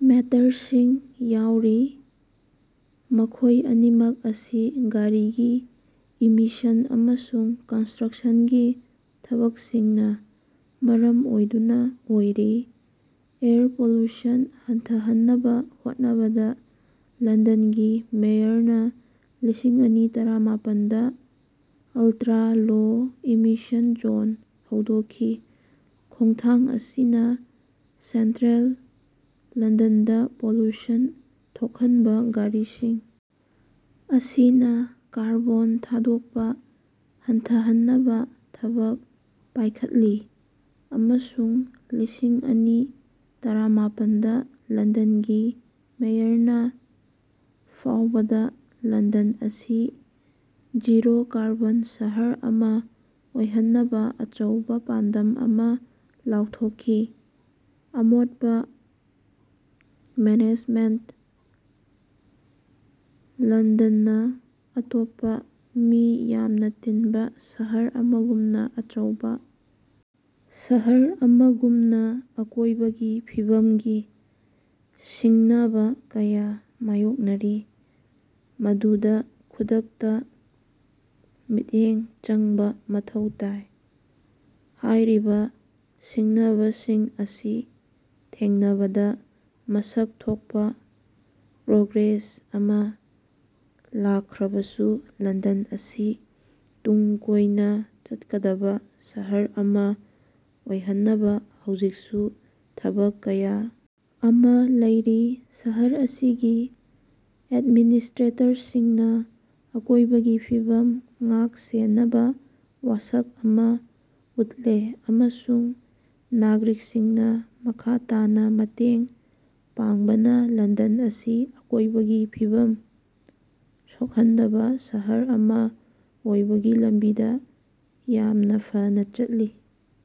ꯃꯦꯇꯔꯁꯤꯡ ꯌꯥꯎꯔꯤ, ꯃꯈꯣꯏ ꯑꯅꯤꯃꯛ ꯑꯁꯤ ꯒꯥꯔꯤꯒꯤ ꯏꯃꯤꯁꯟ ꯑꯃꯁꯨꯡ ꯀꯟꯁꯇ꯭ꯔꯛꯁꯟꯒꯤ ꯊꯕꯛꯁꯤꯡꯅꯥ ꯃꯔꯝ ꯑꯣꯏꯗꯨꯅꯥ ꯑꯣꯏꯔꯤ꯫ ꯑꯦꯌꯔ ꯄꯣꯂꯨꯁꯟ ꯍꯟꯊꯍꯟꯅꯕꯥ ꯍꯣꯠꯅꯕꯗꯥ ꯂꯟꯗꯟꯒꯤ ꯃꯦꯌꯔꯅꯥ ꯂꯤꯁꯤꯡ ꯑꯅꯤ ꯇꯔꯥꯃꯥꯄꯟꯗꯥ ꯑꯜꯇ꯭ꯔꯥ-ꯂꯣ ꯏꯃꯤꯁꯟ ꯖꯣꯟ ꯍꯧꯗꯣꯛꯈꯤ, ꯈꯣꯡꯊꯥꯡ ꯑꯁꯤꯅꯥ ꯁꯦꯟꯇ꯭ꯔꯦꯜ ꯂꯟꯗꯟꯗꯥ ꯄꯣꯂꯨꯁꯟ ꯊꯣꯛꯍꯟꯕꯥ ꯒꯥꯔꯤꯁꯤꯡ ꯑꯁꯤꯅꯥ ꯀꯥꯔꯕꯣꯟ ꯊꯥꯗꯣꯛꯄꯥ ꯍꯟꯊꯍꯟꯅꯕꯥ ꯊꯕꯛ ꯄꯥꯏꯈꯠꯂꯤ ꯑꯃꯁꯨꯡ ꯂꯤꯁꯤꯡ ꯑꯅꯤ ꯇꯔꯥꯃꯥꯄꯟꯗꯥ ꯂꯟꯗꯟꯒꯤ ꯃꯦꯌꯔꯅꯥ ꯐꯥꯎꯕꯗꯥ ꯂꯟꯗꯟ ꯑꯁꯤ ꯖꯤꯔꯣ-ꯀꯥꯔꯕꯣꯟ ꯁꯍꯔ ꯑꯃꯥ ꯑꯣꯏꯍꯟꯅꯕꯥ ꯑꯆꯧꯕꯥ ꯄꯥꯟꯗꯝ ꯑꯃꯥ ꯂꯥꯎꯊꯣꯛꯈꯤ, ꯑꯃꯣꯠꯄꯥ ꯃꯦꯅꯦꯖꯃꯦꯟꯇ ꯂꯟꯗꯅꯅꯥ ꯑꯇꯣꯞꯄꯥ ꯃꯤ ꯌꯥꯝꯅꯥ ꯇꯤꯟꯕꯥ ꯁꯍꯔ ꯑꯃꯒꯨꯝꯅꯥ ꯑꯆꯧꯕꯥ ꯁꯍꯔ ꯑꯃꯒꯨꯝꯅꯥ ꯑꯀꯣꯏꯕꯒꯤ ꯐꯤꯕꯝꯒꯤ ꯁꯤꯡꯅꯕꯥ ꯀꯌꯥ ꯃꯥꯌꯣꯛꯅꯔꯤ, ꯃꯗꯨꯗꯥ ꯈꯨꯗꯛꯇꯥ ꯃꯤꯠꯌꯦꯡ ꯆꯪꯕꯥ ꯃꯊꯧ ꯇꯥꯏ꯫ ꯍꯥꯏꯔꯤꯕꯥ ꯁꯤꯡꯅꯕꯁꯤꯡ ꯑꯁꯤ ꯊꯦꯡꯅꯕꯗꯥ ꯃꯁꯛ ꯊꯣꯛꯄꯥ ꯄ꯭ꯔꯣꯒ꯭ꯔꯦꯁ ꯑꯃꯥ ꯂꯥꯛꯈ꯭ꯔꯕꯁꯨ, ꯂꯟꯗꯟ ꯑꯁꯤ ꯇꯨꯡ ꯀꯣꯏꯅꯥ ꯆꯠꯀꯗꯕꯥ ꯁꯍꯔ ꯑꯃꯥ ꯑꯣꯏꯍꯟꯅꯕꯥ ꯍꯧꯖꯤꯛꯁꯨ ꯊꯕꯛ ꯀꯌꯥ ꯑꯃꯥ ꯂꯩꯔꯤ꯫ ꯁꯍꯔ ꯑꯁꯤꯒꯤ ꯑꯦꯗꯃꯤꯅꯤꯁꯇ꯭ꯔꯦꯇꯔꯁꯤꯡꯅꯥ ꯑꯀꯣꯏꯕꯒꯤ ꯐꯤꯕꯝ ꯉꯥꯛ-ꯁꯦꯟꯅꯕꯥ ꯋꯥꯁꯛ ꯑꯃꯥ ꯎꯠꯂꯦ ꯑꯃꯁꯨꯡ ꯅꯥꯒꯔꯤꯛꯁꯤꯡꯅꯥ ꯃꯈꯥ ꯇꯥꯅꯥ ꯃꯇꯦꯡ ꯄꯥꯡꯕꯅꯥ ꯂꯟꯗꯟ ꯑꯁꯤ ꯑꯀꯣꯏꯕꯒꯤ ꯐꯤꯕꯝ ꯁꯣꯛꯍꯟꯗꯕꯥ ꯁꯍꯔ ꯑꯃꯥ ꯑꯣꯏꯕꯒꯤ ꯂꯝꯕꯤꯗꯥ ꯌꯥꯝꯅꯥ ꯐꯅꯥ ꯆꯠꯂꯤ꯫